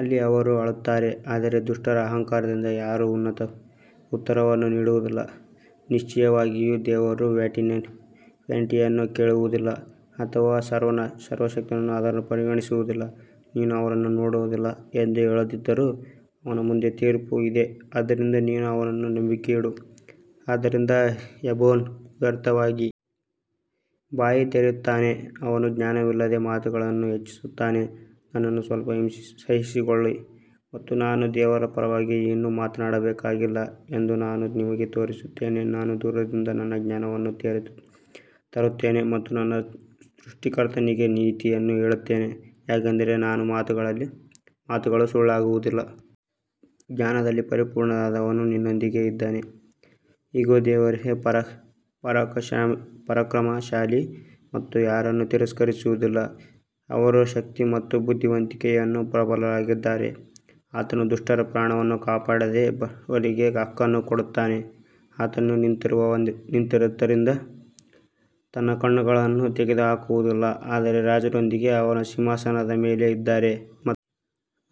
ಅಲ್ಲಿ ಅವರು ಅಳುತ್ತಾರೆ ಆದರೆ ದುಷ್ಟರ ಅಹಂಕಾರದಿಂದ ಯಾರೂ ಉತ್ತರವನ್ನು ನೀಡುವುದಿಲ್ಲ ನಿಶ್ಚಯವಾಗಿಯೂ ದೇವರು ವ್ಯಾನಿಟಿಯನ್ನು ಕೇಳುವುದಿಲ್ಲ ಅಥವಾ ಸರ್ವಶಕ್ತನು ಅದನ್ನು ಪರಿಗಣಿಸುವುದಿಲ್ಲ ನೀನು ಅವನನ್ನು ನೋಡುವುದಿಲ್ಲ ಎಂದು ಹೇಳುತ್ತಿದ್ದರೂ ಅವನ ಮುಂದೆ ತೀರ್ಪು ಇದೆ ಆದ್ದರಿಂದ ನೀನು ಅವನಲ್ಲಿ ನಂಬಿಕೆಯಿಡು ಆದದರಿಂದ ಯೋಬನು ವ್ಯರ್ಥವಾಗಿ ಬಾಯಿ ತೆರೆಯುತ್ತಾನೆ, ಅವನು ಜ್ಞಾನವಿಲ್ಲದೆ ಮಾತುಗಳನ್ನು ಹೆಚ್ಚಿಸುತ್ತಾನೆ ನನ್ನನ್ನು ಸ್ವಲ್ಪ ಸಹಿಸಿಕೊಳ್ಳಿ ಮತ್ತು ನಾನು ದೇವರ ಪರವಾಗಿ ಇನ್ನೂ ಮಾತನಾಡಬೇಕಾಗಿಲ್ಲ ಎಂದು ನಾನು ನಿಮಗೆ ತೋರಿಸುತ್ತೇನೆ ನಾನು ದೂರದಿಂದ ನನ್ನ ಜ್ಞಾನವನ್ನು ತರುತ್ತೇನೆ ಮತ್ತು ನನ್ನ ಸೃಷ್ಟಿಕರ್ತನಿಗೆ ನೀತಿಯನ್ನು ಹೇಳುತ್ತೇನೆ ಯಾಕಂದರೆ ನನ್ನ ಮಾತುಗಳು ಸುಳ್ಳಾಗುವುದಿಲ್ಲ, ಜ್ಞಾನದಲ್ಲಿ ಪರಿಪೂರ್ಣನಾದವನು ನಿನ್ನೊಂದಿಗಿದ್ದಾನೆ ಇಗೋ, ದೇವರು ಪರಾಕ್ರಮಶಾಲಿ ಮತ್ತು ಯಾರನ್ನೂ ತಿರಸ್ಕರಿಸುವುದಿಲ್ಲ, ಅವರು ಶಕ್ತಿ ಮತ್ತು ಬುದ್ಧಿವಂತಿಕೆಯಲ್ಲಿ ಪ್ರಬಲರಾಗಿದ್ದಾರೆ ಆತನು ದುಷ್ಟರ ಪ್ರಾಣವನ್ನು ಕಾಪಾಡದೆ ಬಡವರಿಗೆ ಹಕ್ಕನ್ನು ಕೊಡುತ್ತಾನೆ ಆತನು ನೀತಿವಂತರಿಂದ ತನ್ನ ಕಣ್ಣುಗಳನ್ನು ತೆಗೆದುಹಾಕುವುದಿಲ್ಲ ಆದರೆ ರಾಜರೊಂದಿಗೆ ಅವರು ಸಿಂಹಾಸನದ ಮೇಲೆ ಇದ್ದಾರೆ ಮತ್ತು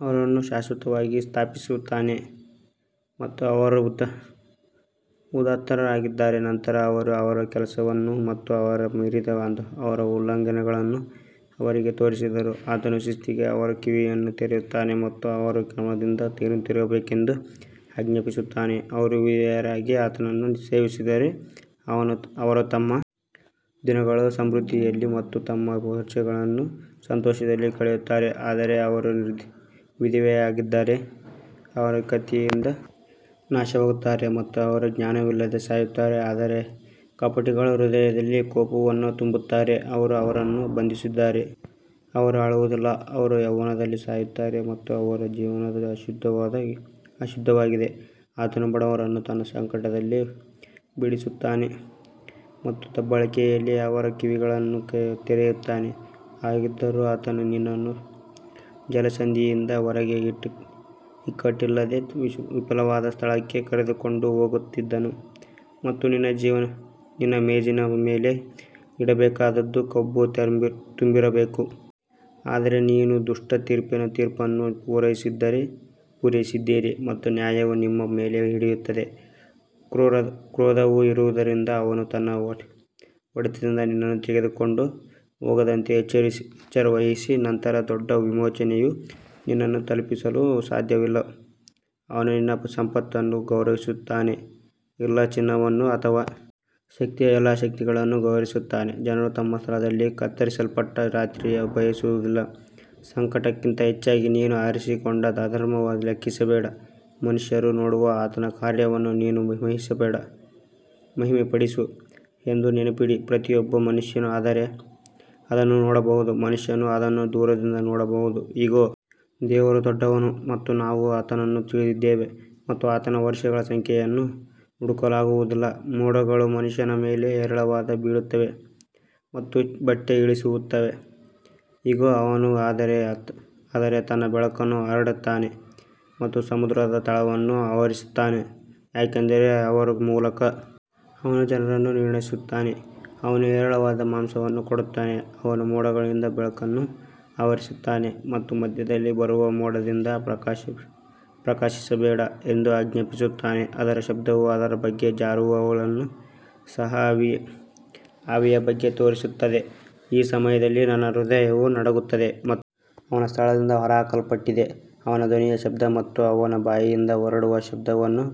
ಅವರನ್ನು ಶಾಶ್ವತವಾಗಿ ಸ್ಥಾಪಿಸುತ್ತಾನೆ ಮತ್ತು ಅವರು ಉದಾತ್ತರಾಗಿದ್ದಾರೆ ನಂತರ ಅವರು ಅವರ ಕೆಲಸವನ್ನು ಮತ್ತು ಅವರು ಮೀರಿದ ಅವರ ಉಲ್ಲಂಘನೆಗಳನ್ನು ಅವರಿಗೆ ತೋರಿಸಿದರು ಆತನು ಶಿಸ್ತಿಗೆ ಅವರ ಕಿವಿಯನ್ನು ತೆರೆಯುತ್ತಾನೆ ಮತ್ತು ಅವರು ಅಕ್ರಮದಿಂದ ಹಿಂತಿರುಗಬೇಕೆಂದು ಆಜ್ಞಾಪಿಸುತ್ತಾನೆ ಅವರು ವಿಧೇಯರಾಗಿ ಆತನನ್ನು ಸೇವಿಸಿದರೆ ಅವರು ತಮ್ಮ ದಿನಗಳನ್ನು ಸಮೃದ್ಧಿಯಲ್ಲಿ ಮತ್ತು ತಮ್ಮ ವರ್ಷಗಳನ್ನು ಸಂತೋಷದಲ್ಲಿ ಕಳೆಯುತ್ತಾರೆ ಆದರೆ ಅವರು ವಿಧೇಯರಾಗದಿದ್ದರೆ ಅವರು ಕತ್ತಿಯಿಂದ ನಾಶವಾಗುತ್ತಾರೆ ಮತ್ತು ಅವರು ಜ್ಞಾನವಿಲ್ಲದೆ ಸಾಯುತ್ತಾರೆ ಆದರೆ ಕಪಟಿಗಳು ಹೃದಯದಲ್ಲಿ ಕೋಪವನ್ನು ತುಂಬುತ್ತಾರೆ, ಅವರು ಅವರನ್ನು ಬಂಧಿಸಿದಾಗ ಅವರು ಅಳುವುದಿಲ್ಲ ಅವರು ಯೌವನದಲ್ಲಿ ಸಾಯುತ್ತಾರೆ ಮತ್ತು ಅವರ ಜೀವನವು ಅಶುದ್ಧವಾಗಿದೆ ಆತನು ಬಡವರನ್ನು ತನ್ನ ಸಂಕಟದಲ್ಲಿ ಬಿಡಿಸುತ್ತಾನೆ ಮತ್ತು ದಬ್ಬಾಳಿಕೆಯಲ್ಲಿ ಅವರ ಕಿವಿಗಳನ್ನು ತೆರೆಯುತ್ತಾನೆ ಹಾಗಿದ್ದರೂ ಆತನು ನಿನ್ನನ್ನು ಜಲಸಂಧಿಯಿಂದ ಹೊರಗೆ ಇಕ್ಕಟ್ಟಿಲ್ಲದ ವಿಶಾಲವಾದ ಸ್ಥಳಕ್ಕೆ ಕರೆದುಕೊಂಡು ಹೋಗುತ್ತಿದ್ದನು ಮತ್ತು ನಿನ್ನ ಮೇಜಿನ ಮೇಲೆ ಇಡಬೇಕಾದದ್ದು ಕೊಬ್ಬು ತುಂಬಿರಬೇಕು. ಆದರೆ ನೀವು ದುಷ್ಟ ತೀರ್ಪಿನ ತೀರ್ಪನ್ನು ಪೂರೈಸಿದ್ದೀರಿ ಮತ್ತು ನ್ಯಾಯವು ನಿಮ್ಮ ಮೇಲೆ ಹಿಡಿಯುತ್ತದೆ ಕ್ರೋಧವು ಇರುವುದರಿಂದ ಅವನು ತನ್ನ ಹೊಡೆತದಿಂದ ನಿನ್ನನ್ನು ತೆಗೆದುಕೊಂಡು ಹೋಗದಂತೆ ಎಚ್ಚರವಹಿಸಿ ನಂತರ ದೊಡ್ಡ ವಿಮೋಚನೆಯು ನಿನ್ನನ್ನು ತಲುಪಿಸಲು ಸಾಧ್ಯವಿಲ್ಲ ಅವನು ನಿನ್ನ ಸಂಪತ್ತನ್ನು ಗೌರವಿಸುತ್ತಾನೆಯೇ ಇಲ್ಲ ಚಿನ್ನವನ್ನಲ್ಲ ಅಥವಾ ಶಕ್ತಿಯ ಎಲ್ಲಾ ಶಕ್ತಿಗಳನ್ನು ಗೌರವಿಸುತ್ತಾನೆ ಜನರು ತಮ್ಮ ಸ್ಥಳದಲ್ಲಿ ಕತ್ತರಿಸಲ್ಪಟ್ಟ ರಾತ್ರಿಯನ್ನು ಬಯಸುವುದಿಲ್ಲ ಸಂಕಟಕ್ಕಿಂತ ಹೆಚ್ಚಾಗಿ ನೀನು ಆರಿಸಿಕೊಂಡ ಅಧರ್ಮವನ್ನು ಲೆಕ್ಕಿಸಬೇಡ ಮನುಷ್ಯರು ನೋಡುವ ಆತನ ಕಾರ್ಯವನ್ನು ನೀನು ಮಹಿಮೆಪಡಿಸು ಎಂದು ನೆನಪಿಡಿ ಪ್ರತಿಯೊಬ್ಬ ಮನುಷ್ಯನು ಅದನ್ನು ನೋಡಬಹುದು ಮನುಷ್ಯನು ಅದನ್ನು ದೂರದಿಂದ ನೋಡಬಹುದು ಇಗೋ ದೇವರು ದೊಡ್ಡವನು ಮತ್ತು ನಾವು ಆತನನ್ನು ತಿಳಿದಿದ್ದೇವೆ ಮತ್ತು ಆತನ ವರ್ಷಗಳ ಸಂಖ್ಯೆಯನ್ನು ಹುಡುಕಲಾಗುವುದಿಲ್ಲ ಮೋಡಗಳು ಮನುಷ್ಯನ ಮೇಲೆ ಹೇರಳವಾಗಿ ಬೀಳುತ್ತವೆ ಮತ್ತು ಬಟ್ಟಿ ಇಳಿಸುತ್ತವೆ ಇಗೋ, ಅವನು ಅದರ ಮೇಲೆ ತನ್ನ ಬೆಳಕನ್ನು ಹರಡುತ್ತಾನೆ ಮತ್ತು ಸಮುದ್ರದ ತಳವನ್ನು ಆವರಿಸುತ್ತಾನೆ ಯಾಕಂದರೆ ಅವರ ಮೂಲಕ ಅವನು ಜನರನ್ನು ನಿರ್ಣಯಿಸುತ್ತಾನೆ, ಅವನು ಹೇರಳವಾಗಿ ಮಾಂಸವನ್ನು ಕೊಡುತ್ತಾನೆ ಅವನು ಮೋಡಗಳಿಂದ ಬೆಳಕನ್ನು ಆವರಿಸುತ್ತಾನೆ ಮತ್ತು ಮಧ್ಯದಲ್ಲಿ ಬರುವ ಮೋಡದಿಂದ ಪ್ರಕಾಶಿಸಬೇಡ ಎಂದು ಆಜ್ಞಾಪಿಸುತ್ತಾನೆ ಅದರ ಶಬ್ದವು ಅದರ ಬಗ್ಗೆ ಜಾನುವಾರುಗಳನ್ನು ಸಹ ಆವಿಯ ಬಗ್ಗೆ ತೋರಿಸುತ್ತದೆ ಈ ಸಮಯದಲ್ಲಿ ನನ್ನ ಹೃದಯವು ನಡುಗುತ್ತದೆ ಮತ್ತು ಅವನ ಸ್ಥಳದಿಂದ ಹೊರಹಾಕಲ್ಪಟ್ಟಿದೆ ಅವನ ಧ್ವನಿಯ ಶಬ್ದ ಮತ್ತು ಅವನ ಬಾಯಿಂದ ಹೊರಡುವ ಶಬ್ದವನ್ನು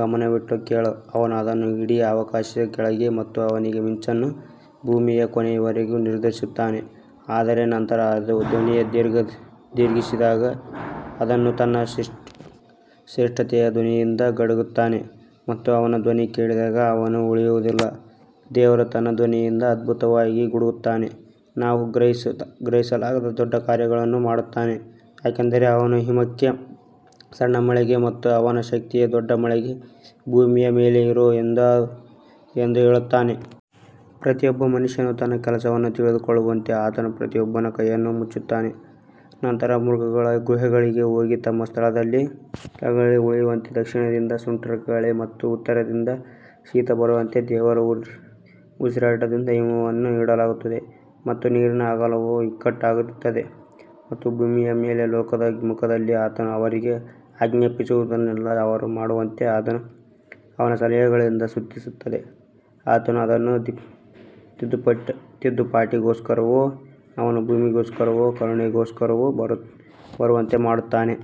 ಗಮನವಿಟ್ಟು ಕೇಳು ಅವನು ಅದನ್ನು ಇಡೀ ಆಕಾಶದ ಕೆಳಗೆ ಮತ್ತು ಅವನ ಮಿಂಚನ್ನು ಭೂಮಿಯ ಕೊನೆಯವರೆಗೂ ನಿರ್ದೇಶಿಸುತ್ತಾನೆ ಅದರ ನಂತರ ಒಂದು ಧ್ವನಿಯು ಘರ್ಜಿಸಿದಾಗ ಅವನು ತನ್ನ ಶ್ರೇಷ್ಠತೆಯ ಧ್ವನಿಯಿಂದ ಗುಡುಗುತ್ತಾನೆ ಮತ್ತು ಅವನ ಧ್ವನಿ ಕೇಳಿದಾಗ ಅವನು ಉಳಿಯುವುದಿಲ್ಲ ದೇವರು ತನ್ನ ಧ್ವನಿಯಿಂದ ಅದ್ಭುತವಾಗಿ ಗುಡುಗುತ್ತಾನೆ, ನಾವು ಗ್ರಹಿಸಲಾಗದ ದೊಡ್ಡ ಕಾರ್ಯಗಳನ್ನು ಮಾಡುತ್ತಾನೆ ಯಾಕಂದರೆ ಅವನು ಹಿಮಕ್ಕೆ ಸಣ್ಣ ಮಳೆಗೆ ಮತ್ತು ಅವನ ಶಕ್ತಿಯ ದೊಡ್ಡ ಮಳೆಗೆ ಭೂಮಿಯ ಮೇಲೆ ಇರು ಎಂದು ಹೇಳುತ್ತಾನೆ. ಪ್ರತಿಯೊಬ್ಬ ಮನುಷ್ಯನು ತನ್ನ ಕೆಲಸವನ್ನು ತಿಳಿದುಕೊಳ್ಳುವಂತೆ ಆತನು ಪ್ರತಿಯೊಬ್ಬನ ಕೈಯನ್ನು ಮುಚ್ಚುತ್ತಾನೆ ನಂತರ ಮೃಗಗಳು ಗುಹೆಗಳಿಗೆ ಹೋಗಿ ತಮ್ಮ ಸ್ಥಳಗಳಲ್ಲಿ ಉಳಿಯುತ್ತವೆ ದಕ್ಷಿಣದಿಂದ ಸುಂಟರಗಾಳಿ ಮತ್ತು ಉತ್ತರದಿಂದ ಶೀತ ಬರುತ್ತದೆ ದೇವರ ಉಸಿರಾಟದಿಂದ ಹಿಮವನ್ನು ನೀಡಲಾಗುತ್ತದೆ ಮತ್ತು ನೀರಿನ ಅಗಲವು ಇಕ್ಕಟ್ಟಾಗುತ್ತದೆ ಮತ್ತು ಭೂಮಿಯ ಮೇಲೆ ಲೋಕದ ಮುಖದಲ್ಲಿ ಆತನು ಅವರಿಗೆ ಆಜ್ಞಾಪಿಸುವುದನ್ನೆಲ್ಲಾ ಅವರು ಮಾಡುವಂತೆ ಅದು ಅವನ ಸಲಹೆಗಳಿಂದ ಸುತ್ತುತ್ತದೆ. ಆತನು ಅದನ್ನು ತಿದ್ದುಪಾಟಿಗೋಸ್ಕರವೋ ಅವನ ಭೂಮಿಗೋಸ್ಕರವೋ ಕರುಣೆಗೋಸ್ಕರ ಬರುವಂತೆ ಮಾಡುತ್ತಾನೆ.